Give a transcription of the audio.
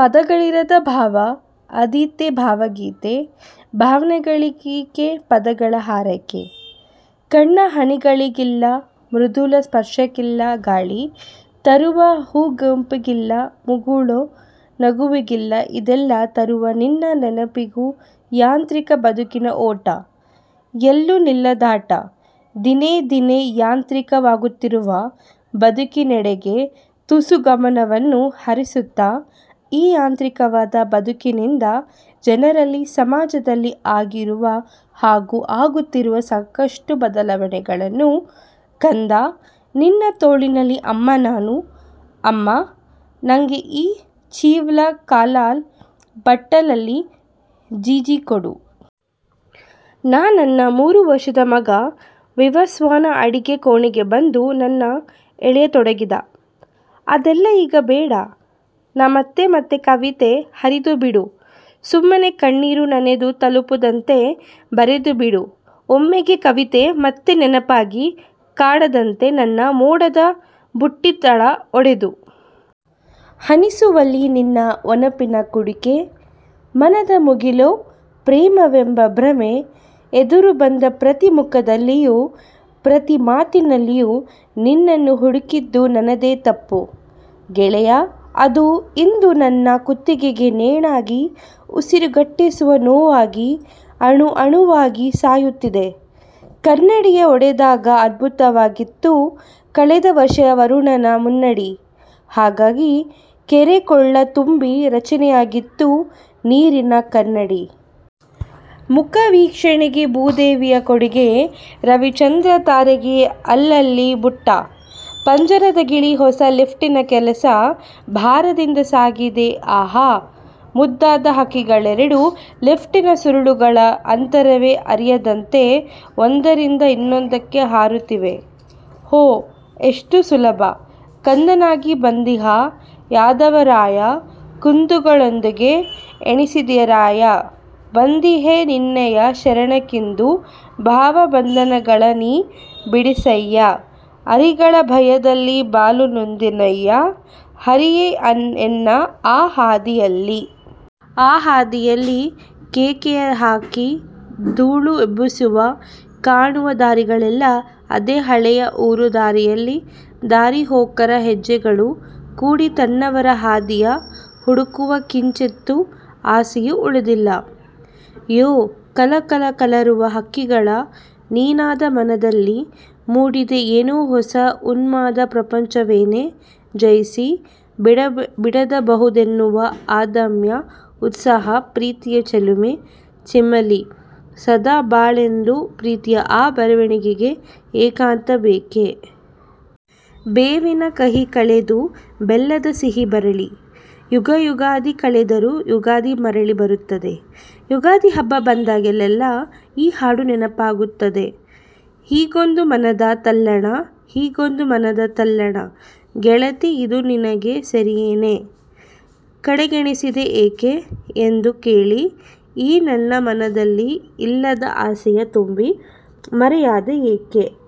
ಪದಗಳಿರದ ಭಾವ ಆದೀತೆ ಭಾವಗೀತೆ ಭಾವನೆಗಳಿಗೇಕೆ ಪದಗಳ ಹಾರೈಕೆ? ಕಣ್ಣ ಹನಿಗಳಿಗಿಲ್ಲ, ಮೃದುಲ ಸ್ಪರ್ಶಕ್ಕಿಲ್ಲ ಗಾಳಿ ತರುವ ಹೂಗಂಪಿಗಿಲ್ಲ, ಮುಗುಳು ನಗುವಿಗಿಲ್ಲ ಇದೆಲ್ಲ ತರುವ ನಿನ್ನ ನೆನಪಿಗೂ ಯಾಂತ್ರಿಕ ಬದುಕಿನ ಓಟ, ಎಲ್ಲೂ ನಿಲ್ಲದಾಟ! ದಿನೇದಿನೇ ಯಾಂತ್ರಿಕವಾಗುತ್ತಿರುವ ಬದುಕಿನೆಡೆಗೆ ತುಸು ಗಮನವನ್ನು ಹರಿಸುತ್ತಾ, ಈ ಯಾಂತ್ರಿಕವಾದ ಬದುಕಿನಿಂದ; ಜನರಲ್ಲಿ, ಸಮಾಜದಲ್ಲಿ ಆಗಿರುವ ಹಾಗೂ ಆಗುತ್ತಿರುವ ಸಾಕಷ್ಟು ಬದಲಾವಣೆಗಳನ್ನು ಕಂದಾ ನಿನ್ನ ತೋಳಿನಲ್ಲಿ ಅಮ್ಮಾ ನಾನು ''ಅಮ್ಮಾ, ನಂಗೆ ಈ ಚಿವ್ವಲ್ ಕಲಲ್ ಬಟ್ಟಲಲ್ಲಿ ಜೀಜಿ ಕೊಡು''. ನನ್ ನಮೂರು ವರ್ಷದ ಮಗ ವಿವಸ್ವಾನ ಅಡಿಗೆ ಕೋಣೆಗೆ ಬಂದು ನನ್ನ ಎಳೆಯತೊಡಗಿದ. "ಅದೆಲ್ಲ ಈಗ ಬೇಡ. ನಮತ್ತೆ ಮತ್ತೆ ಕವಿತೆ ಹರಿದು ಬಿಡು ಸುಮ್ಮನೆ ಕಣ್ಣೀರು ನನ್ನೆದೆ ತಲುಪದಂತೆ ಬರೆದುಬಿಡು ಒಮ್ಮೆಗೆ ಕವಿತೆ ಮತ್ತೆ ನೆನಪಾಗಿ ಕಾಡದಂತೆ ನನ್ನ ಮೋಡದ ಬುಟ್ಟಿ ತಳ ಒಡೆದು ಹನಿಸುವಲ್ಲಿ ನಿನ್ನ ಒನಪಿನ ಕುಡಿಕೆ ಮನದ ಮುಗಿಲೊ ಪ್ರೇಮವೆಂಬ ಭ್ರಮೆ ಎದುರು ಬಂದ ಪ್ರತಿ ಮುಖದಲ್ಲಿಯೂ ಪ್ರತಿ ಮಾತಿನಲ್ಲಿಯೂ ನಿನ್ನನ್ನು ಹುಡುಕಿದ್ದು ನನ್ನದೇ ತಪ್ಪು ಗೆಳೆಯಾ ಅದು ಇಂದು ನನ್ನ ಕುತ್ತಿಗೆಗೇ ನೇಣಾಗಿ ಉಸಿರುಗಟ್ಟಿಸುವ ನೋವಾಗಿ ಅಣು ಅಣುವಾಗಿ ಸಾಯಿಸುತ್ತಿದೆ, ಕನ್ನಡಿಯ ಒಡೆದಾಗ ಅದ್ಭುತವಾಗಿತ್ತು ಕಳೆದ ವರ್ಷ ವರುಣನ ಮುನ್ನುಡಿ ಹಾಗಾಗಿ, ಕೆರೆ ಕೊಳ್ಳ ತುಂಬಿ ರಚನೆಯಾಗಿತ್ತು ನೀರಿನ ಕನ್ನಡಿ. ಮುಖ ವೀಕ್ಷಣೆಗೆ ಭೂದೇವಿಯ ಕೊಡುಗೆ ರವಿ ಚಂದ್ರ ತಾರೆಗೆ ಅಲ್ಲಲ್ಲಿ ಬುಟ್ಟ, ಪಂಜರದ ಗಿಳಿ ಹೊಸ ಲಿಫ್ಟ್ ನ ಕೆಲಸ ಭರದಿಂದ ಸಾಗಿದೆ ಆಹಾ! ಮುದ್ದಾದ ಹಕ್ಕಿಗಳೆರಡು ಲಿಫ್ಟ್ ನ ಸರಳುಗಳ ಅಂತರವೇ ಅರಿಯದಂತೆ ಒಂದರಿಂದ ಇನ್ನೊಂದಕ್ಕೆ ಹಾರುತ್ತಿವೆ. ಹೋ! ಎಷ್ಟು ಸುಲಭ. ಕಂದನಾಗಿ ಬಂದಿಹ ಯಾದವರಾಯ ಕುಂದುಗಳನೆಂದಿಗೂ ಎಣಿಸದಿರಯ್ಯ ಬಂದಿಹೆ ನಿನ್ನಯ ಶರಣಕ್ಕಿಂದು ಭವ ಬಂಧನಗಳ ನೀ ಬಿಡಿಸಯ್ಯ ಅರಿಗಳ ಭಯದಲಿ ಬಲು ನೊಂದೆನಯ್ಯ ಹರಿಯೇ ಎನ್ನ ಆ ಹಾದಿಯಲಿ. ಆ ಹಾದಿಯಲಿ.. ಕೇಕೆಯ ಹಾಕಿ ಧೂಳು ಎಬ್ಬಿಸಿವೆ ಕಾಣುವ ದಾರಿಗಳೆಲ್ಲ ಅದೇ ಹಳೆಯ ಊರ ದಾರಿಯಲಿ ದಾರಿಹೋಕರ ಹೆಜ್ಜೆಗಳು ಕೂಡಿ ತನ್ನವರ ಹಾದಿಯ ಹುಡುಕುವ ಕಿಂಚಿತ್ತು ಆಸೆಯೂ ಉಳಿದಿಲ್ಲ. ಯೌ- ಕಲ ಕಲ ಕಲರವ ಹಕ್ಕಿಗಳ ನಿನಾದ ಮನದಲ್ಲಿ ಮೂಡಿದೆ ಏನೋ ಹೊಸ ಉನ್ಮಾದ ಪ್ರಪಂಚವನ್ನೇ ಜಯಿಸಿ ಬಿಡದಬಹುದೆನ್ನುವ ಅದಮ್ಯ ಉತ್ಸಾಹ ಪ್ರೀತಿಯ ಚಿಲುಮೆ ಚಿಮ್ಮಲಿ ಸದಾ ಬಾಳೊಂದು ಪ್ರೀತಿಯ ಆ ಬರವಣಿಗೆಗೆ ಏಕಾಂತ ಬೇಕೇ? ಬೇವಿನ ಕಹಿ ಕಳೆದು ಬೆಲ್ಲದ ಸಿಹಿ ಬರಲಿ- ಯುಗ ಯುಗಾದಿ ಕಳೆದರು ಯುಗಾದಿ ಮರಳಿ ಬರುತಿದೆ.. ಯುಗಾದಿ ಹಬ್ಬ ಬಂದಾಗಲೆಲ್ಲ ಈ ಹಾಡು ನೆನಪಾಗುತ್ತದೆ. ಹೀಗೊಂದು ಮನದ ತಲ್ಲಣ- ಹೀಗೊಂದು ಮನದ ತಲ್ಲಣ ಗೆಳತಿ ಇದು ನಿನಗೆ ಸರಿಯೇನೆ? ಕಡೆಗಣಿಸಿದೆ ಏಕೆ? ಎಂದು ಕೇಳಿ.. ಈ ನನ್ನ ಮನದಲ್ಲಿ ಇಲ್ಲದ ಆಸೆಯ ತುಂಬಿ.. ಮರೆಯಾದೆ ಯಾಕೆ?